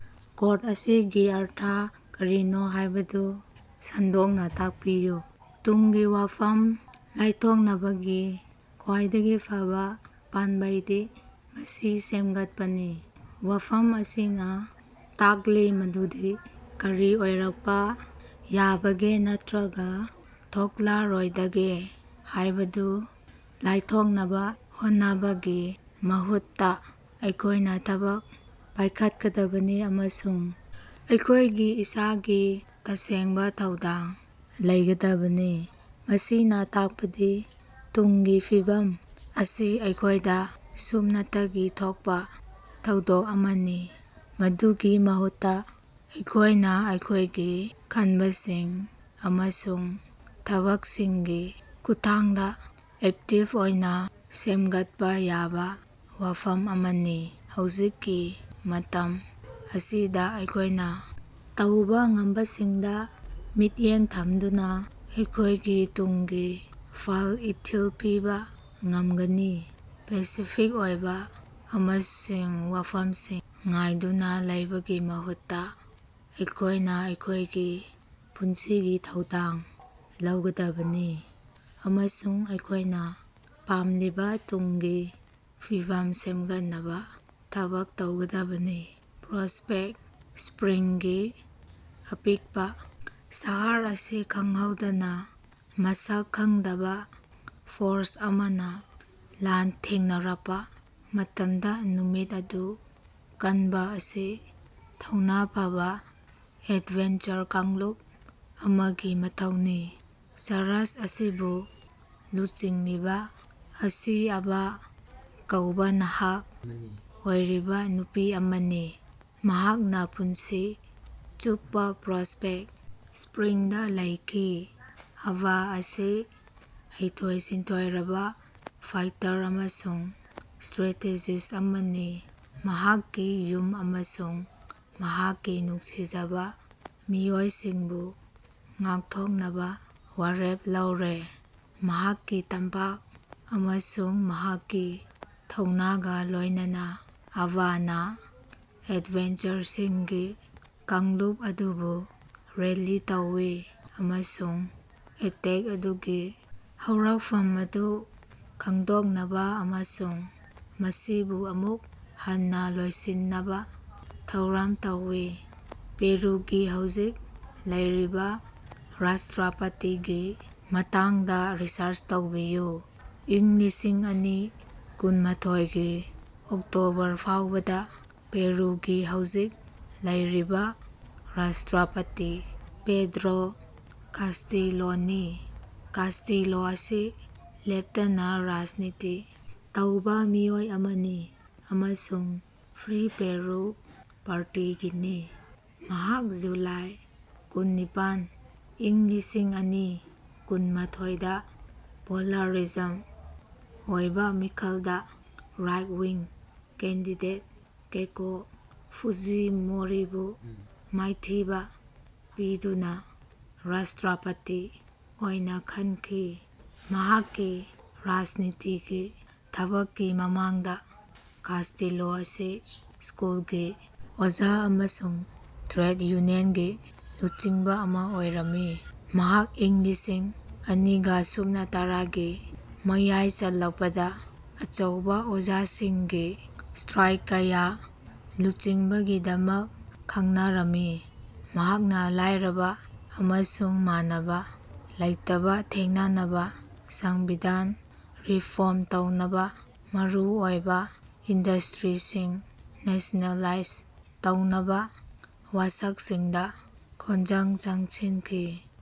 Code ꯑꯁꯤꯒꯤ ꯑꯔꯊ ꯀꯔꯤꯅꯣ ꯍꯥꯏꯕꯗꯨ ꯁꯟꯗꯣꯛꯅ ꯇꯥꯛꯄꯤꯌꯨ: "ꯇꯨꯡꯒꯤ ꯋꯥꯐꯝ ꯂꯥꯏꯊꯣꯛꯅꯕꯒꯤ ꯈ꯭ꯋꯥꯏꯗꯒꯤ ꯐꯕ ꯄꯥꯝꯕꯩꯗꯤ ꯃꯁꯤ ꯁꯦꯝꯒꯠꯄꯅꯤ꯫" ꯋꯥꯐꯝ ꯑꯁꯤꯅ ꯇꯥꯛꯂꯤ ꯃꯗꯨꯗꯤ ꯀꯔꯤ ꯑꯣꯏꯔꯛꯄ ꯌꯥꯕꯒꯦ ꯅꯠꯇ꯭ꯔꯒ ꯊꯣꯛꯂꯔꯣꯏꯗꯒꯦ ꯍꯥꯏꯕꯗꯨ ꯂꯥꯏꯊꯣꯛꯅꯕ ꯍꯣꯠꯅꯕꯒꯤ ꯃꯍꯨꯠꯇ ꯑꯩꯈꯣꯏꯅ ꯊꯕꯛ ꯄꯥꯏꯈꯠꯀꯗꯕꯅꯤ ꯑꯃꯁꯨꯡ ꯑꯩꯈꯣꯏꯒꯤ ꯏꯁꯥꯒꯤ ꯇꯁꯦꯡꯕ ꯊꯧꯗꯥꯡ ꯂꯧꯒꯗꯕꯅꯤ꯫ ꯃꯁꯤꯅ ꯇꯥꯛꯄꯗꯤ ꯇꯨꯡꯒꯤ ꯐꯤꯕꯝ ꯑꯁꯤ ꯑꯩꯈꯣꯏꯗ ꯁꯨꯞꯅꯇꯒꯤ ꯊꯣꯛꯄ ꯊꯧꯗꯣꯛ ꯑꯃꯅꯤ, ꯃꯗꯨꯒꯤ ꯃꯍꯨꯠꯇ ꯑꯩꯈꯣꯏꯅ ꯑꯩꯈꯣꯏꯒꯤ ꯈꯟꯕꯁꯤꯡ ꯑꯃꯁꯨꯡ ꯊꯕꯛꯁꯤꯡꯒꯤ ꯈꯨꯠꯊꯥꯡꯗ ꯑꯦꯛꯇꯤꯕ ꯑꯣꯏꯅ ꯁꯦꯝꯒꯠꯄ ꯌꯥꯕ ꯋꯥꯐꯝ ꯑꯃꯅꯤ꯫ ꯍꯧꯖꯤꯛꯀꯤ ꯃꯇꯝ ꯑꯁꯤꯗ ꯑꯩꯈꯣꯏꯅ ꯇꯧꯕ ꯉꯝꯕꯁꯤꯡꯗ ꯃꯤꯠꯌꯦꯡ ꯊꯝꯗꯨꯅ ꯑꯩꯈꯣꯏꯒꯤ ꯇꯨꯡꯒꯤ ꯐꯜꯗ ꯏꯊꯤꯜ ꯄꯤꯕ ꯉꯝꯒꯅꯤ꯫ ꯄꯦꯁꯤꯐꯤꯛ ꯑꯣꯏꯕ ꯑꯃꯁꯨꯡ ꯋꯥꯐꯝꯁꯤꯡ ꯉꯥꯏꯗꯨꯅ ꯂꯩꯕꯒꯤ ꯃꯍꯨꯠꯇ ꯑꯩꯈꯣꯏꯅ ꯑꯩꯈꯣꯏꯒꯤ ꯄꯨꯟꯁꯤꯒꯤ ꯊꯧꯗꯥꯡ ꯂꯧꯒꯗꯕꯅꯤ ꯑꯃꯁꯨꯡ ꯑꯩꯈꯣꯏꯅ ꯄꯥꯝꯂꯤꯕ ꯇꯨꯡꯒꯤ ꯐꯤꯕꯝ ꯁꯦꯝꯒꯠꯅꯕ ꯊꯕꯛ ꯇꯧꯒꯗꯕꯅꯤ꯫ ꯄ꯭ꯔꯣꯁꯄꯦꯛ ꯁꯄ꯭ꯔꯤꯡꯒꯤ ꯑꯄꯤꯛꯄ ꯁꯍꯔ ꯑꯁꯤ ꯈꯪꯍꯧꯗꯅ ꯃꯁꯛ ꯈꯪꯗꯕ ꯐꯣꯔꯁ ꯑꯃꯅ ꯂꯥꯟꯊꯦꯡꯅꯔꯛꯄ ꯃꯇꯝꯗ ꯅꯨꯃꯤꯠ ꯑꯗꯨ ꯀꯟꯕ ꯑꯁꯤ ꯊꯧꯅꯥ ꯐꯕ ꯑꯦꯗꯚꯦꯟꯆꯔ ꯀꯥꯡꯂꯨꯞ ꯑꯃꯒꯤ ꯃꯊꯧꯅꯤ꯫ ꯆꯥꯔꯖ ꯑꯁꯤꯕꯨ ꯂꯨꯆꯤꯡꯂꯤꯕ ꯑꯁꯤ ꯑꯚꯥ ꯀꯧꯕꯥ ꯅꯍꯥ ꯑꯣꯏꯔꯤꯕ ꯅꯨꯄꯤ ꯑꯃꯅꯤ꯫ ꯃꯍꯥꯛꯅ ꯄꯨꯟꯁꯤ ꯆꯨꯞꯄ ꯄ꯭ꯔꯣꯁꯄꯦꯛ ꯁ꯭ꯄꯔꯤꯡꯗ ꯂꯩꯈꯤ꯫ ꯑꯚꯥ ꯑꯁꯤ ꯍꯩꯊꯣꯏ-ꯁꯤꯡꯊꯣꯏꯔꯕ ꯐꯥꯏꯇꯔ ꯑꯃꯁꯨꯡ ꯁꯇ꯭ꯔꯦꯇꯦꯖꯤꯁ ꯑꯃꯅꯤ, ꯃꯍꯥꯛꯀꯤ ꯌꯨꯝ ꯑꯃꯁꯨꯡ ꯃꯍꯥꯛꯅ ꯅꯨꯡꯁꯤꯖꯕ ꯃꯤꯑꯣꯏꯁꯤꯡꯕꯨ ꯉꯥꯛꯊꯣꯛꯅꯕ ꯋꯥꯔꯦꯞ ꯂꯧꯔꯦ꯫ ꯃꯍꯥꯛꯀꯤ ꯇꯝꯄꯥꯛ ꯑꯃꯁꯨꯡ ꯃꯍꯥꯛꯀꯤ ꯊꯧꯅꯥꯒ ꯂꯣꯏꯅꯅ ꯑꯚꯥꯅ ꯑꯦꯗꯚꯦꯟꯆꯔꯁꯤꯡꯒꯤ ꯀꯥꯡꯂꯨꯞ ꯑꯗꯨꯕꯨ ꯔꯦꯂꯤ ꯇꯧꯏ ꯑꯃꯁꯨꯡ ꯑꯦꯇꯦꯛ ꯑꯗꯨꯒꯤ ꯍꯧꯔꯛꯐꯝ ꯑꯗꯨ ꯈꯪꯗꯣꯛꯅꯕ ꯑꯃꯁꯨꯡ ꯃꯁꯤꯕꯨ ꯑꯃꯨꯛ ꯍꯟꯅ ꯂꯣꯏꯁꯤꯟꯅꯕ ꯊꯧꯔꯥꯡ ꯇꯧꯏ꯫ ꯄꯦꯔꯨꯒꯤ ꯍꯧꯖꯤꯛ ꯂꯩꯔꯤꯕꯥ ꯔꯥꯁꯇ꯭ꯔꯄꯇꯤꯒꯤ ꯃꯇꯥꯡꯗ ꯔꯤꯁꯔꯆ ꯇꯧꯕꯤꯌꯨ꯫ ꯏꯪ ꯂꯤꯁꯤꯡ ꯑꯅꯤ ꯀꯨꯟꯃꯥꯊꫭꯏꯒꯤ ꯑꯣꯛꯇꯣꯕꯔ ꯐꯥꯎꯕꯗ ꯄꯦꯔꯨꯒꯤ ꯍꯧꯖꯤꯛ ꯂꯩꯔꯤꯕ ꯔꯥꯁꯇ꯭ꯔꯄꯇꯤ ꯄꯦꯗ꯭ꯔꯣ ꯀꯥꯁꯇꯤꯂꯣꯅꯤ꯫ ꯀꯥꯁꯇꯤꯂꯣ ꯑꯁꯤ ꯂꯦꯞꯇꯅ ꯔꯥꯖꯅꯤꯇꯤ ꯇꯧꯕ ꯃꯤꯑꯣꯏ ꯑꯃꯅꯤ ꯑꯃꯁꯨꯡ ꯐ꯭ꯔꯤ ꯄꯦꯔꯨ ꯄꯥꯔꯇꯤꯗꯒꯤꯅꯤ꯫ ꯃꯍꯥꯛ ꯖꯨꯂꯥꯏ ꯀꯨꯟꯅꯤꯄꯥꯟ, ꯏꯪ ꯂꯤꯁꯤꯡ ꯑꯅꯤ ꯀꯨꯟꯃꯥꯊꫭꯏꯗ ꯄꯣꯂꯥꯔꯤꯖꯝ ꯑꯣꯏꯕ ꯃꯤꯈꯜꯗ ꯔꯥꯏꯠ-ꯋꯤꯡ ꯀꯦꯟꯗꯤꯗꯦꯠ ꯀꯦꯏꯀꯣ ꯐꯨꯖꯤꯃꯣꯔꯤꯕꯨ ꯃꯥꯏꯊꯤꯕ ꯄꯤꯗꯨꯅ ꯔꯥꯁꯇ꯭ꯔꯄꯇꯤ ꯑꯣꯏꯅ ꯈꯟꯈꯤ꯫ ꯃꯍꯥꯛꯀꯤ ꯔꯥꯖꯅꯤꯇꯤꯒꯤ ꯊꯕꯛꯀꯤ ꯃꯃꯥꯡꯗ, ꯀꯥꯁꯇꯤꯂꯣ ꯑꯁꯤ ꯁ꯭ꯀꯨꯜꯒꯤ ꯑꯣꯖꯥ ꯑꯃꯁꯨꯡ ꯇ꯭ꯔꯦꯗ ꯌꯨꯅꯤꯌꯟꯒꯤ ꯂꯨꯆꯤꯡꯕ ꯑꯃꯥ ꯑꯣꯏꯔꯝꯃꯤ꯫ ꯃꯍꯥꯛ ꯏꯪ ꯂꯤꯁꯤꯡ ꯑꯅꯤꯒ ꯁꯨꯞꯅ ꯇꯔꯥꯒꯤ ꯃꯌꯥꯏ ꯆꯜꯂꯛꯄꯗ ꯑꯆꯧꯕ ꯑꯣꯖꯥꯁꯤꯡꯒꯤ ꯁꯇ꯭ꯔꯥꯏꯛ ꯀꯌꯥ ꯂꯨꯆꯤꯡꯕꯒꯤꯗꯃꯛ ꯈꯪꯅꯔꯝꯃꯤ꯫ ꯃꯍꯥꯛꯅ ꯂꯥꯏꯔꯕ ꯑꯃꯁꯨꯡ ꯃꯥꯟꯅꯕ ꯂꯩꯇꯕ ꯊꯦꯡꯅꯅꯕ, ꯁꯪꯕꯤꯙꯥꯟ ꯔꯤꯐꯣꯔꯝ ꯇꯧꯅꯕ, ꯃꯔꯨꯑꯣꯏꯕꯥ ꯏꯟꯗꯁꯇ꯭ꯔꯤꯁꯤꯡ ꯅꯦꯁꯅꯦꯂꯥꯏꯖ ꯇꯧꯅꯕ ꯋꯥꯁꯛꯁꯤꯡꯗ ꯈꯣꯡꯖꯪ ꯆꯪꯁꯤꯟꯈꯤ꯫